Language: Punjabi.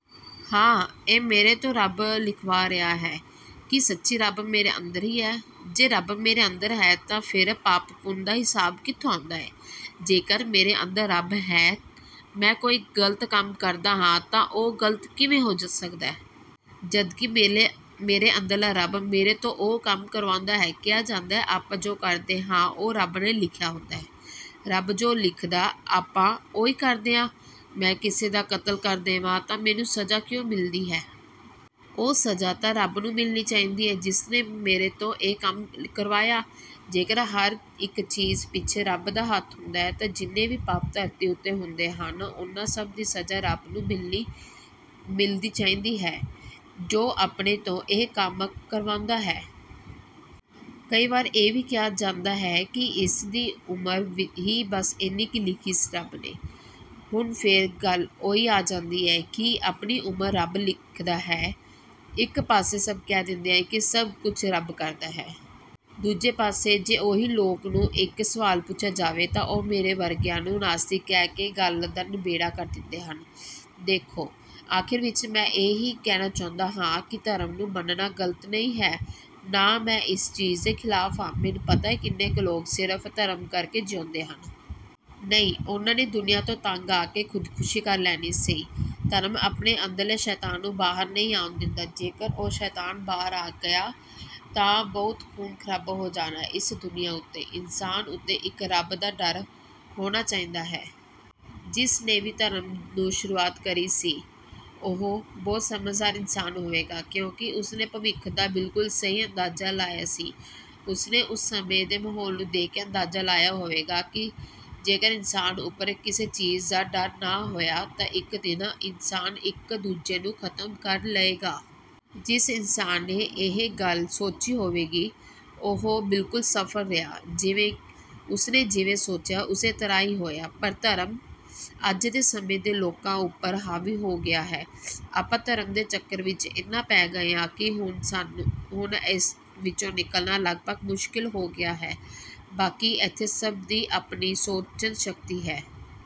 ਹਾਂ ਇਹ ਮੇਰੇ ਤੋਂ ਰੱਬ ਲਿਖਵਾ ਰਿਹਾ ਹੈ…? ਕੀ ਸੱਚੀ ਰੱਬ ਮੇਰੇ ਅੰਦਰ ਹੀ ਹੈ…? ਜੇ ਰੱਬ ਮੇਰੇ ਅੰਦਰ ਹੈ ਫਿਰ ਪਾਪ ਪੁੰਨ ਦਾ ਹਿਸਾਬ ਕਿੱਥੋਂ ਆਉਂਦਾ ਹੈ? ਜੇਕਰ ਮੇਰੇ ਅੰਦਰ ਰੱਬ ਹੈ, ਮੈਂ ਕੋਈ ਗਲਤ ਕੰਮ ਕਰਦਾਂ ਹਾਂ, ਤਾਂ ਉਹ ਗ਼ਲਤ ਕਿਵੇਂ ਹੋ ਸਕਦਾ? ਜਦਕਿ ਮੇਰੇ ਅੰਦਰਲਾ ਰੱਬ ਮੇਰੇ ਤੋਂ ਉਹ ਕੰਮ ਕਰਵਾਉਂਦਾ ਹੈ। ਕਿਹਾ ਜਾਂਦਾ ਹੈ ਆਪਾਂ ਜੋ ਕਰਦੇ ਹਾਂ ਉਹ ਰੱਬ ਨੇ ਲਿਖਿਆ ਹੁੰਦਾ ਹੈ। ਰੱਬ ਜੋ ਲਿਖਦਾ ਆਪਾਂ ਓਹੀ ਕਰਦੇ ਹਾਂ। ਮੈਂ ਕਿਸੇ ਦਾ ਕਤਲ ਕਰ ਦੇਵਾਂ ਤਾਂ ਮੈਨੂੰ ਸਜ਼ਾ ਕਿਉਂ ਮਿਲਦੀ ਹੈ। ਉਹ ਸਜ਼ਾ ਤਾਂ ਰੱਬ ਨੂੰ ਮਿਲਦੀ ਚਾਹੀਦੀ ਹੈ ਜਿਸ ਨੇ ਮੇਰੇ ਤੋਂ ਇਹ ਕੰਮ ਕਰਵਾਇਆ। ਜੇਕਰ ਹਰ ਇੱਕ ਚੀਜ਼ ਪਿੱਛੇ ਰੱਬ ਦਾ ਹੱਥ ਹੁੰਦਾ ਤਾਂ ਜਿੰਨੇ ਵੀ ਪਾਪ ਧਰਤੀ ਉੱਤੇ ਹੁੰਦੇ ਹਨ। ਉਹਨਾਂ ਸਭ ਦੀ ਸਜ਼ਾ ਰੱਬ ਨੂੰ ਮਿਲਦੀ ਚਾਹੀਦੀ ਹੈ, ਜੋ ਆਪਣੇ ਤੋਂ ਇਹੋ ਜਿਹੇ ਕੰਮ ਕਰਵਾਉਂਦਾ ਹੈ। ਕਈ ਵਾਰ ਇਹ ਵੀ ਕਿਹਾ ਜਾਂਦਾ ਹੈ ਕਿ ਇਸ ਦੀ ਉਮਰ ਹੀ ਬਸ ਏਨੀ ਲਿਖੀ ਸੀ ਰੱਬ ਨੇ, ਹੁਣ ਗੱਲ ਫੇਰ ਓਹੀ ਆ ਜਾਂਦੀ ਹੈ ਕੀ ਆਪਣੀ ਉਮਰ ਰੱਬ ਲਿਖਦਾਂ ਹੈ? ਇੱਕ ਪਾਸੇ ਸਭ ਕਹਿ ਦਿੰਦੇ ਹਨ ਕਿ ਸਭ ਕੁਝ ਰੱਬ ਕਰਦਾ ਹੈ। ਦੂਜੇ ਪਾਸੇ ਜੇ ਓਹੀ ਲੋਕਾਂ ਨੂੰ ਇੱਕ ਸਵਾਲ ਪੁੱਛਿਆ ਜਾਵੇ ਤਾਂ ਉਹ ਮੇਰੇ ਵਰਗਿਆਂ ਨੂੰ ਨਾਸਤਿਕ ਕਹਿ ਕੇ ਗੱਲ ਦਾ ਨਬੇੜਾ ਕਰ ਦਿੰਦੇ ਹਨ। ਦੇਖੋ ਆਖਿਰ ਵਿੱਚ ਮੈਂ ਇਹ ਹੀ ਕਹਿਣਾ ਚਾਹੁੰਦਾ ਹਾਂ ਕਿ ਧਰਮ ਨੂੰ ਮੰਨਣਾ ਗ਼ਲਤ ਨਹੀਂ ਹੈ, ਨਾ ਮੈਂ ਇਸ ਚੀਜ਼ ਦੇ ਖ਼ਿਲਾਫ਼ ਹਾਂ, ਮੈਨੂੰ ਪਤਾ ਕਿੰਨੇ ਹੀ ਲੋਕ ਸਿਰਫ਼ ਧਰਮ ਕਰਕੇ ਜਿਉਂਦੇ ਹਨ। ਨਹੀਂ ਉਹਨਾਂ ਨੇ ਦੁਨੀਆਂ ਤੋਂ ਤੰਗ ਆਕੇ ਖ਼ੁਦਖ਼ਸ਼ੀ ਕਰ ਲੈਣੀ ਸੀ, ਧਰਮ ਆਪਣੇ ਅੰਦਰਲੇ ਸ਼ੈਤਾਨ ਨੂੰ ਬਾਹਰ ਨਹੀਂ ਆਉਣ ਦਿੰਦਾ। ਜੇਕਰ ਉਹ ਸ਼ੈਤਾਨ ਬਾਹਰ ਆਏ ਗਿਆ ਤਾਂ ਬਹੁਤ ਖੂਨ ਖਰਾਬਾ ਹੋ ਜਾਣਾ ਇਸ ਦੁਨੀਆਂ ਉੱਤੇ, ਇਨਸਾਨ ਉੱਤੇ ਇੱਕ ਰੱਬ ਦਾ ਡਰ ਹੋਣਾ ਚਾਹੀਦਾ ਹੈ। ਜਿਸ ਨੇ ਵੀ ਧਰਮ ਨੂੰ ਸ਼ੁਰੂਆਤ ਕਰੀ ਸੀ, ਉਹ ਬਹੁਤ ਸਮਝਦਾਰ ਇਨਸਾਨ ਹੋਵੇਗਾ, ਕਿਉਂਕਿ ਉਸ ਨੇ ਭਵਿੱਖ ਦਾ ਬਿਲਕੁਲ ਸਹੀ ਅੰਦਾਜ਼ਾ ਲਾਇਆ ਸੀ। ਉਸਨੇ ਉਸ ਸਮੇਂ ਦੇ ਮਾਹੌਲ ਨੂੰ ਦੇਖ ਕੇ ਅੰਦਾਜ਼ਾ ਲਾਇਆ ਹੋਵੇਗਾ ਕੀ ਜੇਕਰ ਇਨਸਾਨ ਉਪਰ ਕਿਸੇ ਚੀਜ਼ ਦਾ ਡਰ ਨਾ ਹੋਇਆ ਤਾਂ ਇੱਕ ਦਿਨ ਇਨਸਾਨ ਇੱਕ ਦੂਜੇ ਨੂੰ ਖ਼ਤਮ ਕਰ ਲਏਗਾ। ਜਿਸ ਇਨਸਾਨ ਨੇ ਇਹ ਗੱਲ ਸੋਚੀ ਹੋਵੇਗੀ, ਉਹ ਬਿਲਕੁਲ ਸਫਲ ਰਿਹਾ। ਉਸ ਨੇ ਜਿਵੇਂ ਸੋਚਿਆ ਉਸ ਤਰ੍ਹਾ ਹੀ ਹੋਇਆ। ਪਰ ਧਰਮ ਅੱਜ ਦੇ ਸਮੇਂ ਲੋਕਾਂ ਉਪਰ ਹਾਵੀ ਹੋ ਗਿਆ ਹੈ। ਆਪਾਂ ਧਰਮ ਦੇ ਚੱਕਰ ਵਿੱਚ ਇਨ੍ਹਾਂ ਪੈ ਗਏ ਹਾਂ ਕੀ ਹੁਣ ਇਸ ਵਿੱਚੋਂ ਨਿਕਲਣਾ ਲੱਗਭਗ ਮੁਸ਼ਕਿਲ ਹੀ ਹੋ ਗਿਆ ਹੈ। ਬਾਕੀ ਏਥੇ ਸਭ ਦੀ ਆਪਣੀ ਸੋਚਣ ਸ਼ਕਤੀ ਹੈ।